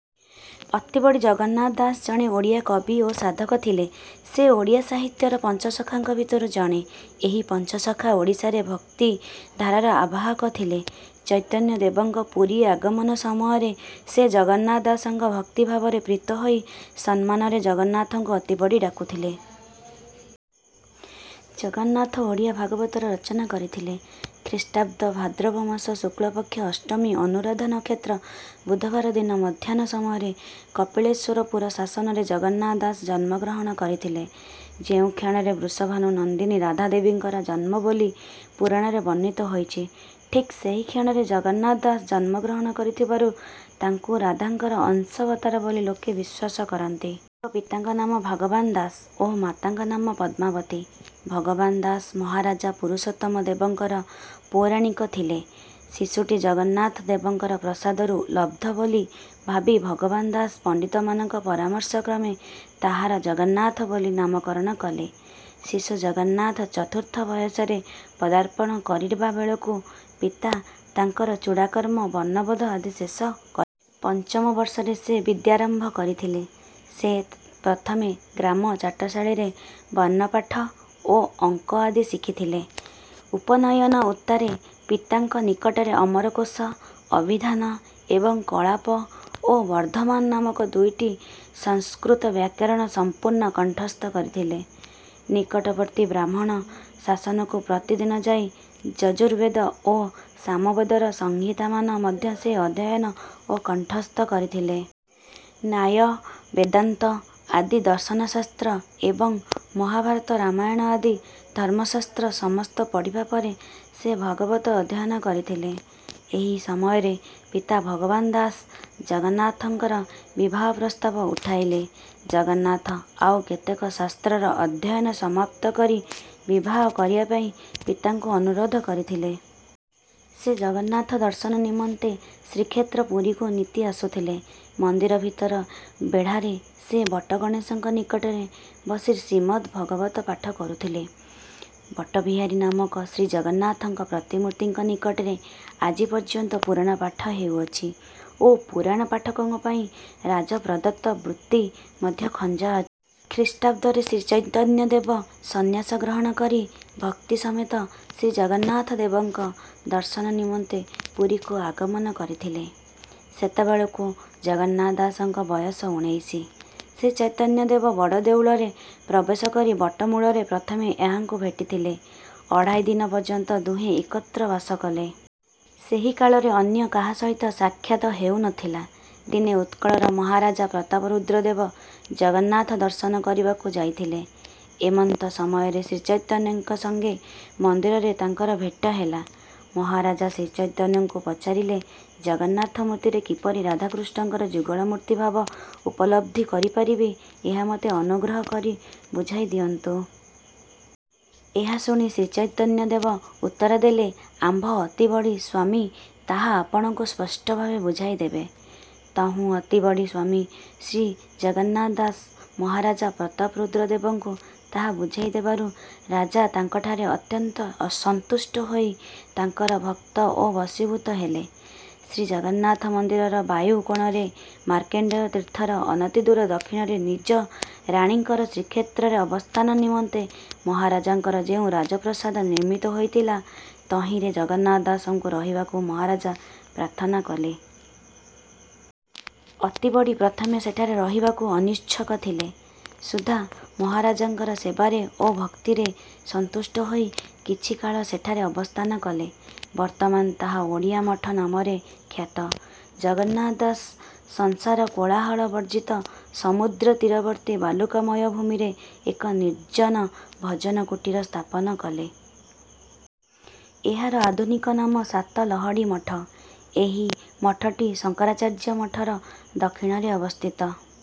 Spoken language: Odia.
ଅତିବଡ଼ି ଜଗନ୍ନାଥ ଦାସ ଜଣେ ଓଡ଼ିଆ କବି ଓ ସାଧକ ଥିଲେ। ସେ ଓଡ଼ିଆ ସାହିତ୍ୟର ପଞ୍ଚସଖାଙ୍କ ଭିତରୁ ଜଣେ। ଏହି ପଞ୍ଚସଖା ଓଡ଼ିଶାରେ "ଭକ୍ତି" ଧାରାର ଆବାହକ ଥିଲେ। ଚୈତନ୍ୟ ଦେବଙ୍କ ପୁରୀ ଆଗମନ ସମୟରେ ସେ ଜଗନ୍ନାଥ ଦାସଙ୍କ ଭକ୍ତିଭାବରେ ପ୍ରୀତ ହୋଇ ସମ୍ମାନରେ ଜଗନ୍ନାଥଙ୍କୁ "ଅତିବଡ଼ି" ଡାକୁଥିଲେ। ଜଗନ୍ନାଥ ଓଡ଼ିଆ ଭାଗବତର ରଚନା କରିଥିଲେ। ଖ୍ରୀଷ୍ଟାଦ୍ଦ ଭାଦ୍ରବମାସ ଶୁକ୍ଳପକ୍ଷ ଅଷ୍ଟମୀ ଅନୁରାଧା ନକ୍ଷତ୍ର ବୁଧବାର ଦିନ ମଧ୍ୟାହ୍ନ ସମୟରେ କପିଳେଶ୍ୱରପୁର ଶାସନରେ ଜଗନ୍ନାଥ ଦାସ ଜନ୍ମଗ୍ରହଣ କରିଥିଲେ। ଯେଉଁ କ୍ଷଣରେ ବୃଷଭାନୁ ନନ୍ଦିନୀ ରାଧା ଦେବୀଙ୍କର ଜନ୍ମ ବୋଲି ପୁରାଣରେ ବର୍ଣ୍ଣିତ ହୋଇଛି, ଠିକ ସେହିକ୍ଷଣରେ ଜଗନ୍ନାଥ ଦାସ ଜନ୍ମଗ୍ରହଣ କରିଥିବାରୁ ତାଙ୍କୁ ରାଧାଙ୍କର ଅଂଶାବତାର ବୋଲି ଲୋକେ ବିଶ୍ୱାସ କରନ୍ତି। ତାଙ୍କ ପିତାଙ୍କ ନାମ ଭଗବାନ ଦାସ ଓ ମାତାଙ୍କ ନାମ ପଦ୍ମାବତୀ। ଭଗବାନ ଦାଶ ମହାରାଜା ପୁରୁଷୋତ୍ତମ ଦେବଙ୍କର ପୌରାଣିକ ଥିଲେ। ଶିଶୁଟି ଜଗନ୍ନାଥ ଦେବଙ୍କ ପ୍ରସାଦରୁ ଲବ୍ଧ ବୋଲି ଭାବି ଭଗବାନ ଦାସ ପଣ୍ଡିତମାନଙ୍କ ପରାମର୍ଶକ୍ରମେ ତାହାର ଜଗନ୍ନାଥ ବୋଲି ନାମକରଣ କଲେ। ଶିଶୁ ଜଗନ୍ନାଥ ଚତୁର୍ଥ ବୟସରେ ପଦାର୍ପଣ କରିବା ବେଳକୁ ପିତା ତାଙ୍କର ଚୂଡ଼ାକର୍ମ, ବଣ୍ଣବୋଧ ଆଦି ଶେଷ କରିଥିଲେ। ପଞ୍ଚମ ବର୍ଷରେ ସେ ବିଦ୍ୟାରମ୍ଭ କରିଥିଲେ। ସେ ପ୍ରଥମେ ଗ୍ରାମ ଚାଟଶାଳୀରେ ବର୍ଣ୍ଣପାଠ ଓ ଅଙ୍କ ଆଦି ଶିଖିଥିଲେ। ଉପନୟନ ଉତ୍ତାରେ ପିତାଙ୍କ ନିକଟରେ ଅମରକୋଷ, ଅଭିଧାନ ଏବଂ କଳାପ ଓ ବର୍ଦ୍ଧମାନ ନାମକ ଦୁଇଟି ସଂସ୍କୃତ ବ୍ୟାକରଣ ସମ୍ପୂର୍ଣ୍ଣ କଣ୍ଠସ୍ଥ କରିଥିଲେ। ନିକଟବର୍ତ୍ତୀ ବ୍ରାହ୍ମଣ ଶାସନକୁ ପ୍ରତିଦିନ ଯାଇ ଯଜୁର୍ବେଦ ଓ ସାମବେଦର ସଂହିତାମାନ ମଧ୍ୟ ସେ ଅଧ୍ୟୟନ ଓ କଣ୍ଠସ୍ଥ କରିଥିଲେ। ନ୍ୟାୟ ବେଦାନ୍ତ ଆଦି ଦର୍ଶନଶାସ୍ତ୍ର ଏବଂ ମହାଭାରତ ରାମାୟଣ ଆଦି ଧର୍ମଶାସ୍ତ୍ର ସମସ୍ତ ପଢ଼ିବା ପରେ ସେ ଭାଗବତ ଅଧ୍ୟୟନ କରିଥିଲେ। ଏହି ସମୟରେ ପିତା ଭଗବାନ ଦାସ ଜଗନ୍ନାଥଙ୍କର ବିବାହ ପ୍ରସ୍ତାବ ଉଠାଇଲେ। ଜଗନ୍ନାଥ ଆଉ କେତେକ ଶାସ୍ତ୍ରର ଅଧ୍ୟୟନ ସମାପ୍ତ କରି ବିବାହ କରିବା ପାଇଁ ପିତାଙ୍କୁ ଅନୁରୋଧ କରିଥିଲେ। ସେ ଜଗନ୍ନାଥ ଦର୍ଶନ ନିମନ୍ତେ ଶ୍ରୀକ୍ଷେତ୍ର ପୁରୀକୁ ନିତି ଆସୁଥିଲେ। ମନ୍ଦିର ଭିତର ବେଢ଼ାରେ ସେ ବଟଗଣେଶଙ୍କ ନିକଟରେ ବସି ଶ୍ରୀମଦ୍ ଦ୍ଭାଗବତ ପାଠ କରୁଥିଲେ। ବଟବିହାରୀ ନାମକ ଶ୍ରୀଜଗନ୍ନାଥଙ୍କ ପ୍ରତିମୂର୍ତ୍ତିଙ୍କ ନିକଟରେ ଆଜି ପର୍ଯ୍ୟନ୍ତ ପୁରାଣ ପାଠ ହେଉଅଛି ଓ ପୁରାଣ ପାଠକଙ୍କ ପାଇଁ ରାଜପ୍ରଦତ୍ତ ବୃତ୍ତି ମଧ୍ୟ ଖଞ୍ଜା ଅଛି। ଖ୍ରୀଷ୍ଟାଦ୍ଦରେ ଶ୍ରୀ ଚୈତନ୍ୟଦେବ ସନ୍ନ୍ୟାସ ଗ୍ରହଣ କରି ଭକ୍ତି ସମେତ ଶ୍ରୀଜଗନ୍ନାଥ ଦେବଙ୍କ ଦର୍ଶନ ନିମନ୍ତେ ପୁରୀକୁ ଆଗମନ କରିଥିଲେ। ସେତେବେଳକୁ ଜଗନ୍ନାଥ ଦାସଙ୍କ ବୟସ ଉଣେଇଶ। ଶ୍ରୀଚୈତନ୍ୟ ଦେବ ବଡ଼ଦେଉଳରେ ପ୍ରବେଶ କରି ବଟ ମୂଳରେ ପ୍ରଥମେ ଏହାଙ୍କୁ ଭେଟିଥିଲେ। ଅଢ଼ାଇ ଦିନ ପର୍ଯ୍ୟନ୍ତ ଦୁହେଁ ଏକତ୍ର ବାସ କଲେ। ସେହି କାଳରେ ଅନ୍ୟ କାହା ସହିତ ସାକ୍ଷାତ ହେଉନଥିଲା। ଦିନେ ଉତ୍କଳର ମହାରାଜା ପ୍ରତାପରୁଦ୍ର ଦେବ ଜଗନ୍ନାଥ ଦର୍ଶନ କରିବାକୁ ଯାଇଥିଲେ, ଏମନ୍ତ ସମୟରେ ଶ୍ରୀଚୈତନ୍ୟଙ୍କ ସଙ୍ଗେ ମନ୍ଦିରରେ ତାଙ୍କର ଭେଟ ହେଲା, ମହାରାଜ ଶ୍ରୀଚୈତନଙ୍କୁ ପଚାରିଲେ, "ଜଗନ୍ନାଥ ମୂର୍ତ୍ତିରେ କିପରି ରାଧାକୃଷ୍ଣଙ୍କର ଯୁଗଳମୂର୍ତ୍ତି ଭାବ ଉପଲବ୍ଧି କରି ପାରିବି, ଏହା ମୋତେ ଅନୁଗ୍ରହ କରି ବୁଝାଇ ଦିଅନ୍ତୁ"। ଏହା ଶୁଣି ଶ୍ରୀଚୈତନ୍ୟ ଦେବ ଉତ୍ତର ଦେଲେ 'ଆମ୍ଭ ଅତିବଡ଼ି ସ୍ୱାମୀ ତାହା ଆପଣଙ୍କୁ ସ୍ପଷ୍ଟଭାବେ ବୁଝାଇ ଦେବେ"। ତହୁଁ ଅତିବଡ଼ି ସ୍ୱାମୀ ଶ୍ରୀ ଜଗନ୍ନାଥ ଦାସ ମହାରାଜ ପ୍ରତାପରୁଦ୍ର ଦେବଙ୍କୁ ତାହା ବୁଝାଇ ଦେବାରୁ ରାଜା ତାଙ୍କଠାରେ ଅତ୍ୟନ୍ତ ସନ୍ତୁଷ୍ଟ ହୋଇ ତାଙ୍କର ଭକ୍ତ ଓ ବଶୀଭୂତ ହେଲେ ଶ୍ରୀ ଜଗନ୍ନାଥ ମନ୍ଦିରର ବାୟୁ କୋଣରେ ମାର୍କଣ୍ଡେୟ ତୀର୍ଥର ଅନତିଦୂର ଦକ୍ଷିଣରେ ନିଜ ରାଣୀଙ୍କର ଶ୍ରୀକ୍ଷେତ୍ରରେ ଅବସ୍ଥାନ ନିମନ୍ତେ ମହାରାଜାଙ୍କର ଯେଉଁ ରାଜପ୍ରସାଦ ନିର୍ମିତ ହୋଇଥିଲା, ତହିଁରେ ଜଗନ୍ନାଥ ଦାସଙ୍କୁ ରହିବାକୁ ମହାରାଜ ପ୍ରାର୍ଥନା କଲେ। ଅତିବଡ଼ି ପ୍ରଥମେ ସେଠାରେ ରହିବାକୁ ଅନିଚ୍ଛୁକ ଥିଲେ ସୁଦ୍ଧା ମହରାଜଙ୍କର ସେବାରେ ଓ ଭକ୍ତିରେ ସନ୍ତୁଷ୍ଟ ହୋଇ କିଛି କାଳ ସେଠାରେ ଅବସ୍ଥାନ କଲେ ବର୍ତ୍ତମାନ ତାହା ଓଡ଼ିଆମଠ ନାମରେ ଖ୍ୟାତ। ଜଗନ୍ନାଥ ଦାସ ସଂସାର କୋଳାହଳ ବର୍ଜ୍ଜିତ ସମୁଦ୍ରତୀରବର୍ତ୍ତୀ ବାଲୁକାମୟ ଭୂମିରେ ଏକ ନିର୍ଜନ ଭଜନ କୁଟୀର ସ୍ଥାପନ କଲେ। ଏହାର ଆଧୁନିକ ନାମ ସାତଲହଡ଼ି ମଠ। ଏହି ମଠଟି ଶଙ୍କରାଚାର୍ଯ୍ୟ ମଠର ଦକ୍ଷିଣରେ ଅବସ୍ଥିତ।